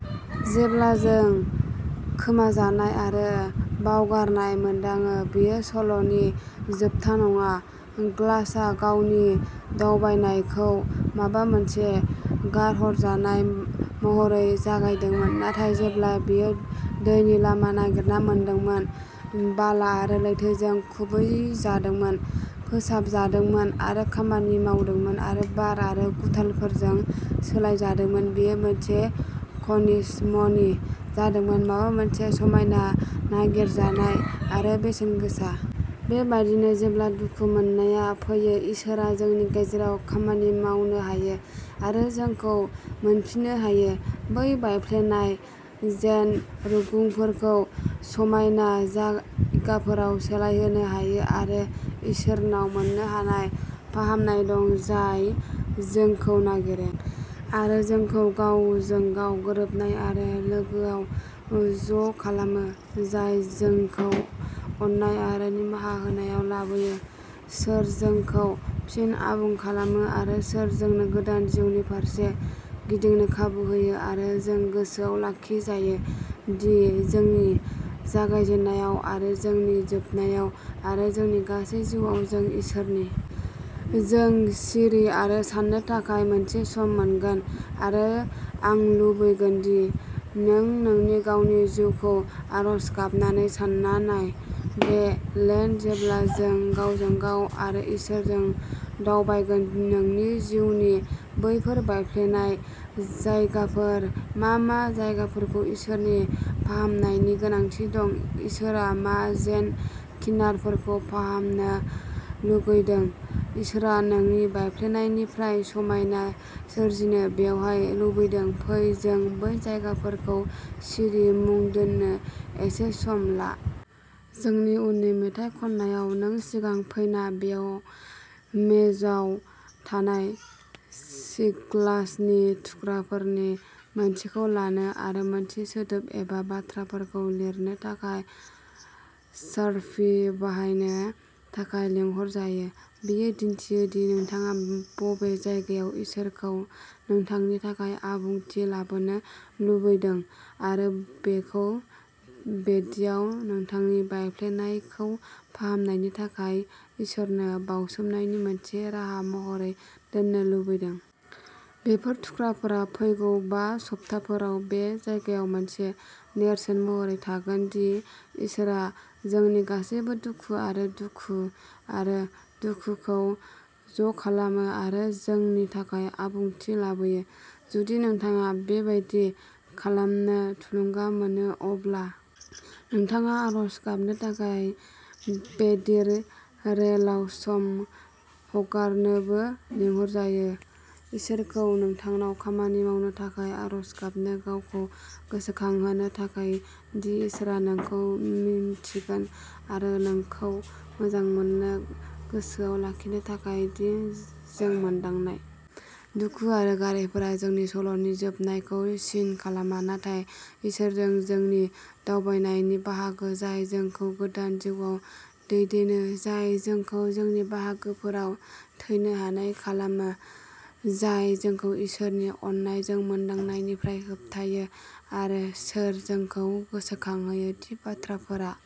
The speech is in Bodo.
जेब्ला जों खोमाजानाय आरो बावगारनाय मोनदाङो बेयो सल'नि जोबथा नङा ग्लासआ गावनि दावबायनायखौ माबा मोनसे गारहरजानाय महरै जागायदोंमोन नाथाय जेब्ला बेयो दैनि लामा नागिरना मोनदोंमोन बाला आरो लैथोजों खुबैजादोंमोन फोसाबजादोंमोन आरो खामानि मावदोंमोन आरो बार आरो गुथालफोरजों सोलायजादोंमोन बेयो मोनसे खनिज मणि जादोंमोन माबा मोनसे समायना, नागिरजानाय आरो बेसेनगोसा। बे बायदिनो जेब्ला दुखु मोननाया फैयो इसोरआ जोंनि गेजेराव खामानि मावनो हायो आरो जोंखौ मोनफिननो हायो बै बायफ्लेनाय जेग्ड रुगुंफोरखौ समायना जायगाफोराव सोलायहोनो हायो आरो इसोराव मोननो हानाय फाहामनाय दं जाय जोंखौ नागिरो आरो जोंखौ गावजों गाव गोरोबनाय आरो लोगोयाव ज'खालामो जाय जोंखौ अननाय आरो निमाहा होनायाव लाबोयो सोर जोंखौ फिन आबुं खालामो आरो सोर जोंनो गोदान जिउनि फारसे गिदिंनो खाबु होयो आरो जों गोसोआव लाखिजायो दि जोंनि जागायजेन्नायाव आरो जोंनि जोबनायाव आरो जोंनि गासै जिउआव-जों इसोरनि। जों सिरि आरो सान्नो थाखाय मोनसे सम मोनगोन आरो आं लुबैगोन दि नों नोंनि गावनि जिउखौ आरज गाबनानै सान्ना नाय। बे लेन्ट जेब्ला जों गावजों गाव आरो इसोरजों दावबायगोन नोंनि जिउनि बैफोर बायफ्लेनाय जायगाफोर मा मा जायफोरखौ इसोरनि फाहामनायनि गोनांथि दं इसोरआ मा जेनड किनारफोरखौ फाहामनो लुबैदों इसोरआ नोंनि बायफ्लेनायनिफ्राय समायना सोरजिनो बबेयाव लुबैदों फै जों बै जायगाफोरखौ सिरि मुं दोन्नो एसे सम ला। जोंनि उननि मेथाइ खननायाव नों सिगां फैना बेयाव मेजआव थानाय सिग्लासनि थुख्राफोरनि मोनसेखौ लानो आरो मोनसे सोदोब एबा बाथ्राफोरखौ लिरनो थाखाय शार्पि बाहायनो थाखाय लिंहरजायो। बेयो दिन्थियो दि नोंथाङा बबे जायगायाव इसोरखौ नोंथांनि थाखाय आबुंथि लाबोनो लुबैदों आरो बेखौ बेदियाव नोंथांनि बायफ्लेनायखौ फाहामनायनि थाखाय इसोरनो बावसोमनायनि मोनसे राहा महरै दोननो लुबैदों। बेफोर थुख्राफोरा फैगौ बा सप्ताफोराव बे जायगायाव मोनसे नेरसोन महरै थागोन दि इसोरआ जोंनि गासैबो दुखु आरो दुखु आरो दुखुखौ ज'खालामो आरो जोंनि थाखाय आबुंथि लाबोयो। जुदि नोंथाङा बेबादि खालामनो थुलुंगा मोनो अब्ला नोंथाङा आरज गाबनो थाखाय बेदिर रेलआव सम हगारनोबो लिंहरजायो इसोरखौ नोंथांनाव खामानि मावनो थाखाय आरज गाबनो गावखौ गोसोखांहोनो थाखाय दि इसोरआ नोंखौ मिन्थिगोन आरो नोंखौ मोजां मोनो गोसोआव लाखिनो थाखाय दि जों मोनदांनाय दुखु आरो गारायफोरा जोंनि सल'नि जोबनायखौ सिन खालामा नाथाय इसोरजों जोंनि दावबायनायनि बाहागो जाय जोंखौ गोदान जिउआव दैदेनो जाय जोंखौ जोंनि बाहागोफोराव थैनो हानाय खालामो जाय जोंखौ इसोरनि अननायखौ मोनदांनायनिफ्राय होबथायो आरो सोर जोंखौ गोसोखांहोयो दि बाथ्राफोरा